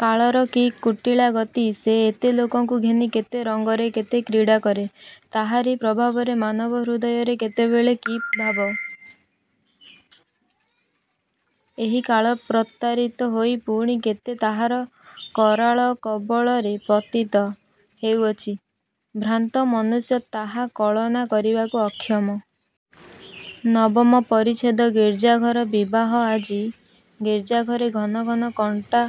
କାଳର କି କୁଟିଳା ଗତି! ସେ ଏତେ ଲୋକଙ୍କୁ ଘେନି କେତେ ରଙ୍ଗରେ କେତେ କ୍ରୀଡ଼ା କରେ! ତାହାରି ପ୍ରଭାବରେ ମାନବ ହୃଦୟରେ କେତେବେଳେ କି ଭାବ! ଏହି କାଳପ୍ରତାରିତ ହୋଇ ପୁଣି କେତେ ତାହାର କରାଳକବଳରେ ପତିତ ହେଉଅଛନ୍ତି! ଭ୍ରାନ୍ତ ମନୁଷ୍ୟ ତାହା କଳନା କରିବାକୁ ଅକ୍ଷମ। ନବମ ପରିଚ୍ଛେଦ ଗିର୍ଜାଘର ବିବାହ ଆଜି ଗିର୍ଜାଘରେ ଘନ ଘନ ଘଣ୍ଟା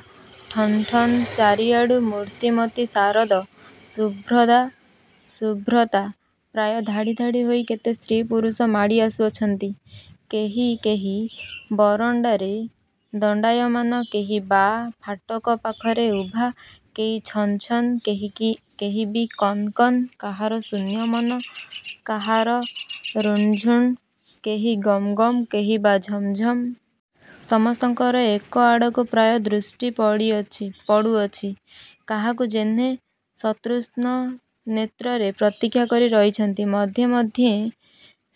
ଠନ୍ଠନ୍। ଚାରିଆଡ଼ୁ ମୂର୍ତ୍ତିମତୀ ଶାରଦ ଶୁଭ୍ରତା ପ୍ରାୟ ଧାଡ଼ି ଧାଡ଼ି ହୋଇ କେତେ ସ୍ତ୍ରୀ ପୁରୁଷ ମାଡ଼ି ଆସୁଅଛନ୍ତି, କେହି କେହି ବରଣ୍ଡାରେ ଦଣ୍ଡାୟମାନ, କେହି ବା ଫାଟକ ପାଖରେ ଉଭା, କେହି ଛନ୍ ଛନ୍, କେହି ବି କନ୍ କନ୍; କାହାର ଶୂନ୍ୟ ମନ କାହାର ରଣଝଣ୍; କେହି ଗମ୍ ଗମ୍ କେହି ବା ଝମ୍ ଝମ୍। ସମସ୍ତଙ୍କର ଏକଆଡ଼କୁ ପ୍ରାୟ ଦୃଷ୍ଟି ପଡ଼ୁଅଛି କାହାକୁ ଯେହ୍ନେ ସତୃଷ୍ଣନେତ୍ରରେ ପ୍ରତୀକ୍ଷା କରି ରହିଛନ୍ତି। ମଧ୍ୟେ ମଧ୍ୟେ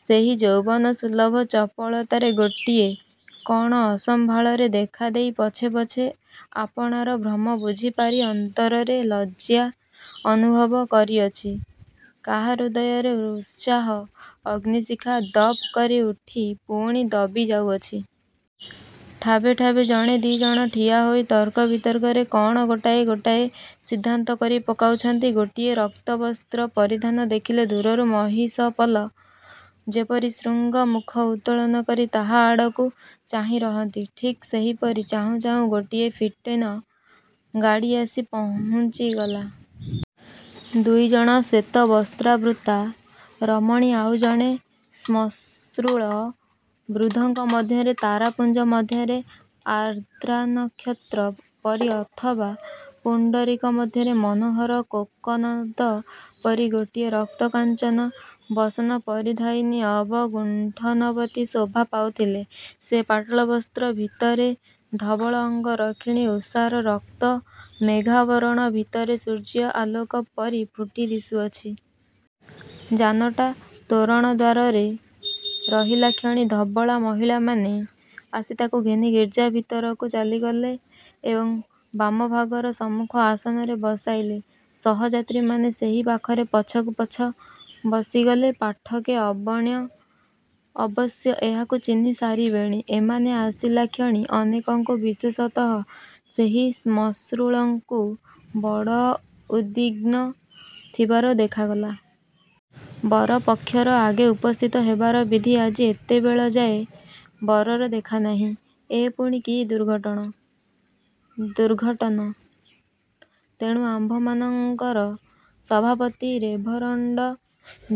ସେହି ଯୌବନସୁଲଭ ଚପଳତାରେ ଗୋଟିଏ କଣ ଅସମ୍ଭାଳରେ ଦେଖାଦେଇ ପଛେ ପଛେ ଆପଣାର ଭ୍ରମ ବୁଝି ପାରି ଅନ୍ତରରେ ଲଜ୍ଜା ଅନୁଭବ କରିଅଛି। କାହା ହୃଦୟରେ ଉତ୍ସାହ-ଅଗ୍ନିଶିଖା ଦପ୍ କରି ଉଠି ପୁଣି ଦବି ଯାଉଅଛି। ଠାବେ ଠାବେ ଜଣେ ଦି ଜଣ ଠିଆ ହୋଇ ତର୍କ ବିତର୍କରେ କଣ ଗୋଟାଏ ଗୋଟାଏ ସିଦ୍ଧାନ୍ତ କରି ପକାଉଛନ୍ତି। ଗୋଟିଏ ରକ୍ତବସ୍ତ୍ର ପରିଧାନ ଦେଖିଲେ ଦୂରରୁ ମହିଷପଲ ଯେପରି ଶୃଙ୍ଗ ମୁଖ ଉତ୍ତୋଳନ କରି ତାହା ଆଡ଼କୁ ଚାହିଁ ରହନ୍ତି, ଠିକ୍ ସେହିପରି ଚାହୁଁ ଚାହୁଁ ଗୋଟିଏ ଫିଟିନ ଗାଡ଼ି ଆସି ପହୁଞ୍ଚିଗଲା। ଦୁଇଜଣ ଶ୍ୱେତବସ୍ତ୍ରାବୃତା ରମଣୀ ଆଉ ଜଣେ ଶ୍ମଶ୍ରୁଳ ବୃଦ୍ଧଙ୍କ ମଧ୍ୟରେ, ତାରାପୁଞ୍ଜ ମଧ୍ୟରେ ଆର୍ଦ୍ରାନକ୍ଷତ୍ର ପରି ଅଥବା ପୁଣ୍ଡରୀକ ମଧ୍ୟରେ ମନୋହର କୋକନଦ ପରି ଗୋଟିଏ ରକ୍ତକାଞ୍ଚନ ବସନପରିଧାୟିନୀ ଅବଗୁଣ୍ଠନବତୀ ଶୋଭା ପାଉଥିଲେ। ସେ ପାଟଳ ବସ୍ତ୍ର ଭିତରେ ଧବଳଅଙ୍ଗରକ୍ଷିଣୀ ଉଷାର ରକ୍ତ ମେଘାବରଣ ଭିତରେ ସୂର୍ଯ୍ୟ ଆଲୋକ ପରି ଫୁଟି ଦିଶୁଅଛି। ଯାନଟା ତୋରଣଦ୍ୱାରରେ ରହିଲାକ୍ଷଣି ଧବଳା ମହିଳାମାନେ ଆସି ତାଙ୍କୁ ଘେନି ଗିର୍ଜା ଭିତରକୁ ଚାଲିଗଲେ ଏବଂ ବାମଭାଗର ସମ୍ମୁଖ ଆସନରେ ବସାଇଲେ। ସହଯାତ୍ରୀମାନେ ସେହି ପାଖରେ ପଛକୁ ପଛ ବସିଗଲେ। ପାଠକେ, ଅବଶ୍ୟ ଏହାଙ୍କୁ ଚିହ୍ନି ସାରିବେଣି। ଏମାନେ ଆସିଲାକ୍ଷଣି ଅନେକଙ୍କୁ, ବିଶେଷତଃ ସେହି ଶ୍ମଶ୍ରୁଳଙ୍କୁ ବଡ଼ ଉଦ୍ବିଗ୍ନ ଥିବାର ଦେଖାଗଲା। ବର ପକ୍ଷର ଆଗେ ଉପସ୍ଥିତ ହେବାର ବିଧି। ଆଜି ଏତେବେଳଯାଏ ବରର ଦେଖାନାହିଁ। ଏ ପୁଣି କି ଦୁର୍ଘଟନା! ତେଣୁ ଆମ୍ଭମାନଙ୍କର ସଭାପତି ରେଭରଣ୍ଡ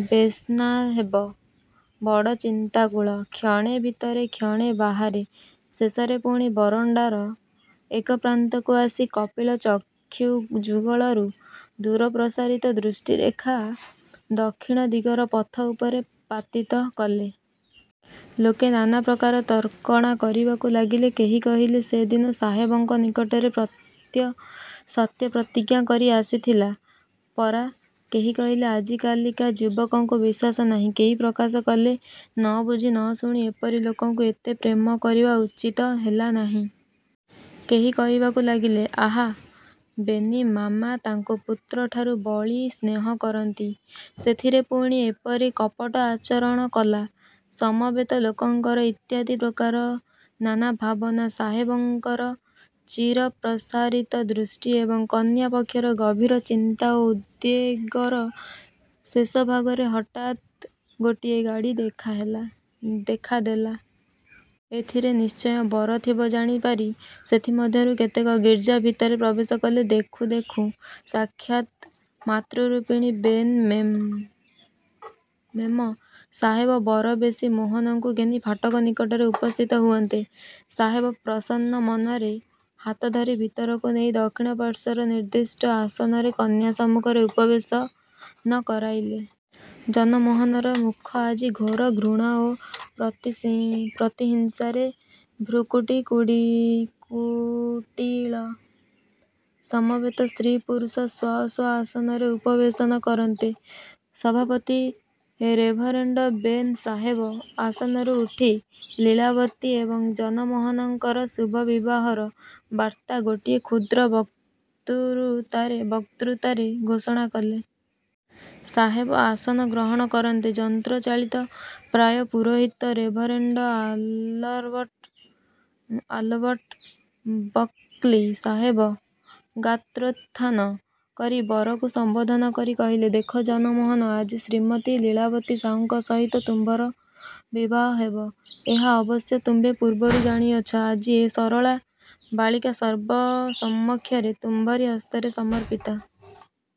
ବେନ୍ସାହେବ ବଡ଼ ଚିନ୍ତାକୁଳ। କ୍ଷଣେ ଭିତରେ କ୍ଷଣେ ବାହାରେ, ଶେଷରେ ପୁଣି ବରଣ୍ଡାର ଏକପ୍ରାନ୍ତକୁ ଆସି କପିଳ ଚକ୍ଷୁଯୁଗଳରୁ ଦୂରପ୍ରସାରିତ ଦୃଷ୍ଟିରେଖା ଦକ୍ଷିଣଦିଗର ପଥ ଉପରେ ପାତିତ କଲେ। ଲୋକେ ନାନାପ୍ରକାର ତର୍କଣା କରିବାକୁ ଲାଗିଲେ। କେହି କହିଲେ, ସେ ଦିନ ସାହେବଙ୍କ ନିକଟରେ ସତ୍ୟପ୍ରତିଜ୍ଞା କରି ଆସିଥିଲା ପରା! କେହି କହିଲେ, ଆଜିକାଲିକା ଯୁବକଙ୍କୁ ବିଶ୍ୱାସ ନାହିଁ। କେହି ପ୍ରକାଶ କଲେ, ନ ବୁଝି ନ ଶୁଣି ଏପରି ଲୋକଙ୍କୁ ଏତେ ପ୍ରେମ କରିବା ଉଚିତ ହେଲା ନାହିଁ। କେହି କହିବାକୁ ଲାଗିଲେ, ଆହା! ବେନି ମାମା ତାକୁ ପୁତ୍ରଠାରୁ ବଳି ସ୍ନେହ କରନ୍ତି। ସେଥିରେ ପୁଣି ଏପରି କପଟ ଆଚରଣ କଲା! ସମବେତ ଲୋକଙ୍କର ଇତ୍ୟାଦିପ୍ରକାର ନାନା ଭାବନା, ସାହେବଙ୍କର ଚିରପ୍ରସାରିତ ଦୃଷ୍ଟି ଏବଂ କନ୍ୟାପକ୍ଷର ଗଭୀର ଚିନ୍ତା ଓ ଉଦ୍ବେଗର ଶେଷଭାଗରେ ହଠାତ୍ ଗୋଟିଏ ଗାଡ଼ି ଦେଖା ଦେଲା। ଏଥିରେ ନିଶ୍ଚୟ ବର ଥିବ ଜାଣି ପାରି ସେଥି ମଧ୍ୟରୁ କେତେକ ଗିର୍ଜା ଭିତରେ ପ୍ରବେଶ କଲେ। ଦେଖୁଁ ଦେଖୁଁ ସାକ୍ଷାତ୍ ମାତୃରୂପିଣୀ ବେନ୍ ମେମ ସାହେବ ବରବେଶୀ ମୋହନଙ୍କୁ ଘେନି ଫାଟକ ନିକଟରେ ଉପସ୍ଥିତ ହୁଅନ୍ତେ, ସାହେବ ପ୍ରସନ୍ନ ମନରେ ହାତ ଧରି ଭିତରକୁ ନେଇ ଦକ୍ଷିଣପାର୍ଶ୍ୱର ନିର୍ଦିଷ୍ଟ ଆସନରେ କନ୍ୟା ସମ୍ମୁଖରେ ଉପବେଶନ କରାଇଲେ। ଜନମୋହନର ମୁଖ ଆଜି ଘୋର ଘୃଣା ଓ ପ୍ରତିହିଂସାରେ ଭ୍ରୂକୁଟି କୁଟିଳ। ସମବେତ ସ୍ତ୍ରୀ ପୁରୁଷ ସ୍ୱ ସ୍ୱ ଆସନରେ ଉପବେଶନ କରନ୍ତେ, ସଭାପତି ରେଭରେଣ୍ଡ ବେନ୍ ସାହେବ ଆସନରୁ ଉଠି ଲୀଳାବତୀ ଏବଂ ଜନମୋହନଙ୍କର ଶୁଭବିବାହର ବାର୍ତ୍ତା ଗୋଟିଏ କ୍ଷୁଦ୍ର ବକ୍ତୃତାରେ ଘୋଷଣା କଲେ। ସାହେବ ଆସନ ଗ୍ରହଣ କରନ୍ତେ, ଯନ୍ତ୍ରଚାଳିତ ପ୍ରାୟ ପୁରୋହିତ ରେଭରେଣ୍ଡ ଆଲବର୍ଟ ବକ୍ଲି ସାହେବ ଗାତ୍ରୋତ୍ଥାନ କରି ବରକୁ ସମ୍ବୋଧନ କରି କହିଲେ, ଦେଖ ଜନମୋହନ! ଆଜି ଶ୍ରୀମତୀ ଲୀଳାବତୀ ସାହୁଙ୍କ ସହିତ ତୁମ୍ଭର ବିବାହ ହେବ। ଏହା ଅବଶ୍ୟ ତୁମ୍ଭେ ପୂର୍ବରୁ ଜାଣିଅଛ। ଆଜି ଏ ସରଳା ବାଳିକା ସର୍ବସମକ୍ଷରେ ତୁମ୍ଭରି ହସ୍ତରେ ସମର୍ପିତା।